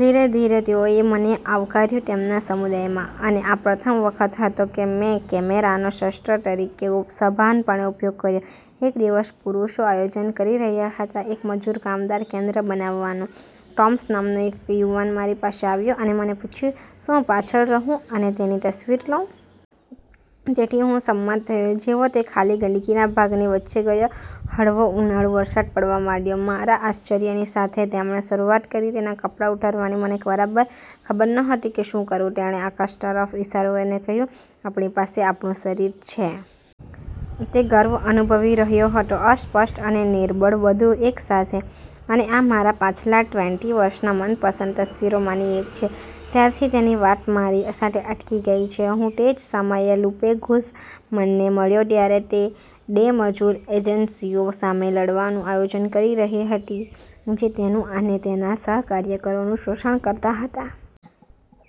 ધીરે ધીરે તેઓએ મને આવકાર્યું તેમના સમુદાયમાં. અને આ પ્રથમ વખત હતો કે મેં કેમેરાનો શસ્ત્ર તરીકે સભાનપણે ઉપયોગ કર્યો. એક દિવસ, પુરુષો આયોજન કરી રહ્યા હતા એક મજૂર કામદાર કેન્દ્ર બનાવવાનું. ટોમ્સ નામનો એક યુવાન મારી પાસે આવ્યો અને મને પૂછ્યું, "શું હું પાછળ રહું અને તેની તસ્વીર લઉં?" તેથી હું સંમત થયો. જેવો તે ખાલી ગંદકીના ભાગની વચ્ચે ગયો, હળવો ઉનાળુ વરસાદ પડવા માંડ્યો. મારા આશ્ચર્યની સાથે તેમણે શરૂઆત કરી તેના કપડાં ઉતારવાની. મને બરાબર ખબર નહોતી કે શું કરવું. તેણે આકાશ તરફ ઇશારો કરીને કહ્યું, "આપણી પાસે આપણું શરીર છે." તે ગર્વ અનુભવી રહ્યો હતો અસ્પષ્ટ અને નિર્બળ, બધું એક સાથે. અને આ મારા પાછલા ટ્વેન્ટી વર્ષનાં મનપસંદ તસ્વીરોમાંની એક છે. ત્યારથી તેની વાત મારી સાથે અટકી ગઈ છે. હું તે જ સમયે લૂપે ગુઝમનને મળ્યો જ્યારે તે ડે મજૂર એજન્સીઓ સામે લડવાનું આયોજન કરી રહી હતી જે તેનું અને તેના સહકાર્યકરોનું શોષણ કરતા હતા.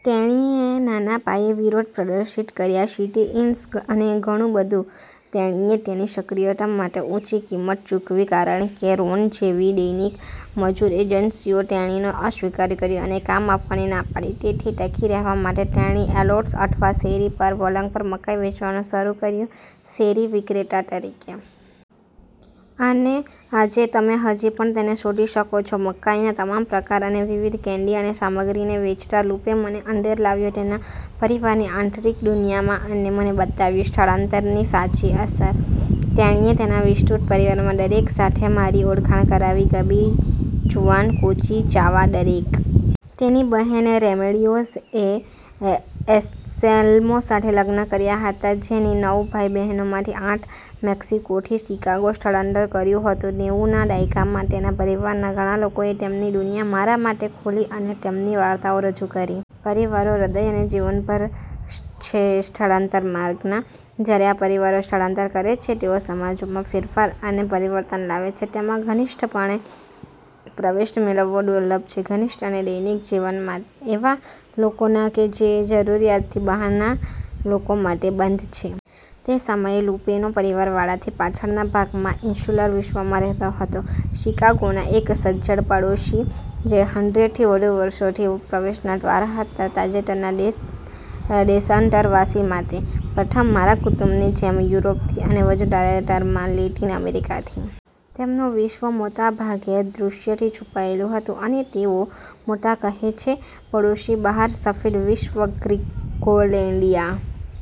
તેણીએ નાના પાયે વિરોધ પ્રદર્શિત કર્યા, સિટી-ઇન્સ અને ઘણું બધું. તેણીએ તેની સક્રિયતા માટે ઉંચી કિંમત ચૂકવી કારણ કે રોન જેવી દૈનિક મજૂર એજન્સીઓ તેણીનો અસ્વિકાર કર્યો અને કામ આપવાની ના પાડી. તેથી ટકી રહેવા માટે તેણી એલોટ્સ અથવા શેરી પર પલંગ પર મકાઈ વેચવાનું શરૂ કર્યું શેરી વિક્રેતા તરીકે. અને આજે તમે હજી પણ તેને શોધી શકો છો મકાઈના તમામ પ્રકાર અને વિવિધ કેન્ડી અને સામગ્રીને વેચતા. લૂપે મને અંદર લાવ્યો તેના પરિવારની આંતરિક દુનિયામાં અને મને બતાવ્યું સ્થળાંતરની સાચી અસર. તેણીએ તેના વિસ્તૃત પરિવારમાં દરેક સાથે મારી ઓળખાણ કરાવી, ગબી, જુઆન, કોંચી, ચાવા, દરેક. તેની બહેન રેમેડિઓઝ। એ એંસેલ્મો સાથે લગ્ન કર્યા હતા જેની નવ ભાઇ બહેનોમાંથી આઠ મેક્સિકોથી શિકાગો સ્થળાંતર કર્યું હતું નેવુંના દાયકામાં. તેના પરિવારના ઘણા લોકોએ તેમની દુનિયા મારા માટે ખોલી અને તેમની વાર્તાઓ રજૂ કરી. પરિવારો હૃદય અને જીવનભાર છે સ્થળાંતર માર્ગના. જ્યારે આ પરિવારો સ્થળાંતર કરે છે, તેઓ સમાજોમાં ફેરફાર અને પરિવર્તન લાવે છે. તેમાં ઘનિષ્ઠપણે પ્રવેશ મેળવવો દુર્લભ છે. ઘનિષ્ઠ અને દૈનિક જીવન એવા લોકોના કે જે જરૂરીયાતથી બહારના લોકો માટે બંધ છે. તે સમયે, લુપેનો પરિવાર વાડાની પાછળના ભાગમાં ઇન્સ્યુલર વિશ્વમાં રહેતો હતો, શિકાગોના એક સજ્જડ પડોશી, જે હન્ડ્રેડ થી વધુ વર્ષોથી પ્રવેશના દ્વાર હતા તાજેતરના દેશાંતરવાસી માટે. પ્રથમ, મારા કુટુંબની જેમ, યુરોપથી, અને વધુ તાજેતરમાં, લેટિન અમેરિકાથી. તેમનું વિશ્વ મોટા ભાગે દૃશ્યથી છુપાયેલું હતું. અને તેઓ મોટા કહે છે, "પડોશી બહાર સફેદ વિશ્વ ગ્રિંગોલેન્ડિયા."